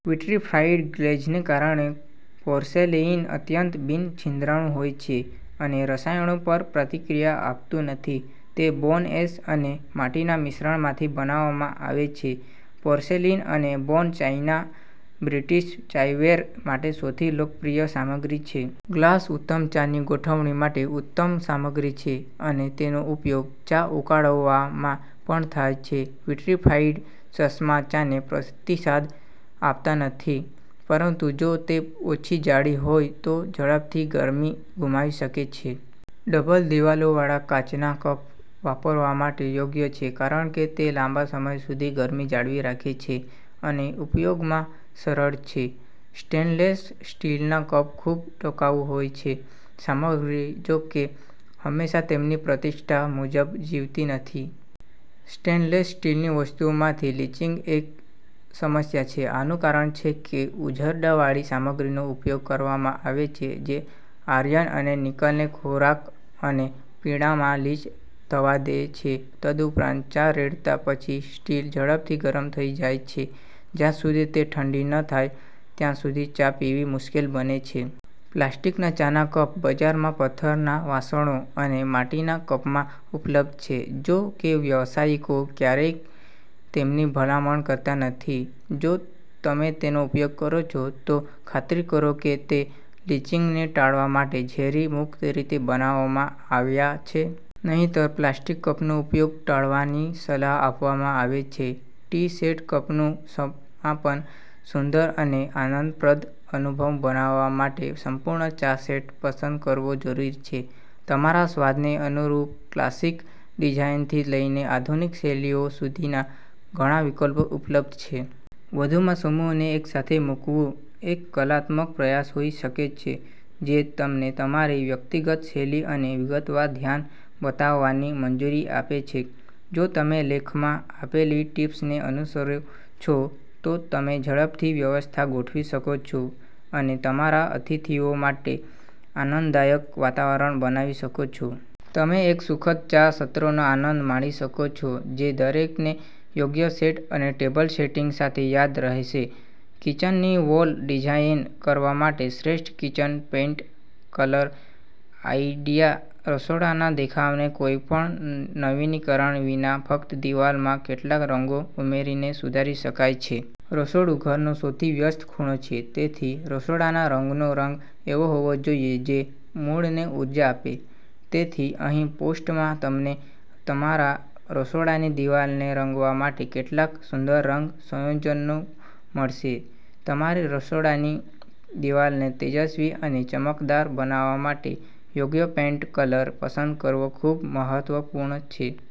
Vitrified ગ્લેઝને કારણે, porcelain અત્યંત બિન-છિદ્રાળુ હોય છે અને રસાયણો પર પ્રતિક્રિયા આપતું નથી. તે બોન એશ અને માટીના મિશ્રણમાંથી બનાવવામાં આવે છે. પોર્સેલિન અને બોન ચાઇના બ્રિટિશ ચાયવેર માટે સૌથી લોકપ્રિય સામગ્રી છે. ગ્લાસ ઉત્તમ ચાની ગોઠવણી માટે ઉત્તમ સામગ્રી છે અને તેનો ઉપયોગ ચા ઉકાળવામાં પણ થાય છે. વિટ્રિફાઇડ ચશ્મા ચાને પ્રતિસાદ આપતા નથી, પરંતુ જો તે ઓછી જાડી હોય તો ઝડપથી ગરમી ગુમાવી શકે છે. ડબલ-દિવાલોવાળા કાચના કપ વાપરવા માટે યોગ્ય છે કારણ કે તે લાંબા સમય સુધી ગરમી જાળવી રાખે છે અને ઉપયોગમાં સરળ છે. સ્ટેનલેસ સ્ટીલના કપ ખૂબ ટકાઉ હોય છે. સામગ્રી, જો કે, હંમેશા તેમની પ્રતિષ્ઠા મુજબ જીવતી નથી. સ્ટેનલેસ સ્ટીલની વસ્તુઓમાંથી લીચિંગ એક સમસ્યા છે. આનું કારણ એ છે કે ઉઝરડાવાળી સામગ્રીનો ઉપયોગ કરવામાં આવે છે, જે આયર્ન અને નિકલને ખોરાક અને પીણામાં લીચ થવા દે છે. તદુપરાંત, ચા રેડ્યા પછી, સ્ટીલ ઝડપથી ગરમ થઈ જાય છે, જ્યાં સુધી તે ઠંડી ન થાય ત્યાં સુધી ચા પીવી મુશ્કેલ બને છે. પ્લાસ્ટિકના ચાના કપ બજારમાં પથ્થરના વાસણો અને માટીના કપમાં ઉપલબ્ધ છે. જો કે, વ્યાવસાયિકો ક્યારેય તેમની ભલામણ કરતા નથી. જો તમે તેનો ઉપયોગ કરો છો, તો ખાતરી કરો કે તે લીચિંગને ટાળવા માટે ઝેરી મુક્ત રીતે બનાવવામાં આવ્યા છે. નહિંતર, પ્લાસ્ટિક કપનો ઉપયોગ ટાળવાની સલાહ આપવામાં આવે છે. ટી સેટ કપનું સમાપન. સુંદર અને આનંદપ્રદ અનુભવ બનાવવા માટે સંપૂર્ણ ચા સેટ પસંદ કરવો જરૂરી છે. તમારા સ્વાદને અનુરૂપ ક્લાસિક ડિઝાઇનથી લઈને આધુનિક શૈલીઓ સુધીના ઘણા વિકલ્પો ઉપલબ્ધ છે. વધુમાં, સમૂહને એકસાથે મૂકવું એક કલાત્મક પ્રયાસ હોઈ શકે છે જે તમને તમારી વ્યક્તિગત શૈલી અને વિગતવાર ધ્યાન બતાવવાની મંજૂરી આપે છે. જો તમે લેખમાં આપેલી ટીપ્સને અનુસરો છો, તો તમે ઝડપથી વ્યવસ્થા ગોઠવી શકો છો અને તમારા અતિથિઓ માટે આનંદદાયક વાતાવરણ બનાવી શકો છો. તમે એક સુખદ ચા સત્રનો આનંદ માણી શકો છો જે દરેકને યોગ્ય સેટ અને ટેબલ સેટિંગ સાથે યાદ રહેશે. કિચનની વોલ ડિઝાઇન કરવા માટે શ્રેષ્ઠ કિચન પેઇન્ટ કલર આઇડિયા. રસોડાના દેખાવને કોઈપણ નવીનીકરણ વિના ફક્ત દિવાલમાં કેટલાક રંગો ઉમેરીને સુધારી શકાય છે. રસોડું ઘરનો સૌથી વ્યસ્ત ખૂણો છે, તેથી રસોડાના રંગનો રંગ એવો હોવો જોઈએ જે મૂડને ઉર્જા આપે. તેથી, અહીં પોસ્ટમાં, તમને તમારા રસોડાની દિવાલને રંગવા માટે કેટલાક સુંદર રંગ સંયોજનો મળશે. તમારી રસોડાની દિવાલને તેજસ્વી અને ચમકદાર બનાવવા માટે યોગ્ય પેઇન્ટ કલર પસંદ કરવો ખૂબ જ મહત્વપૂર્ણ છે.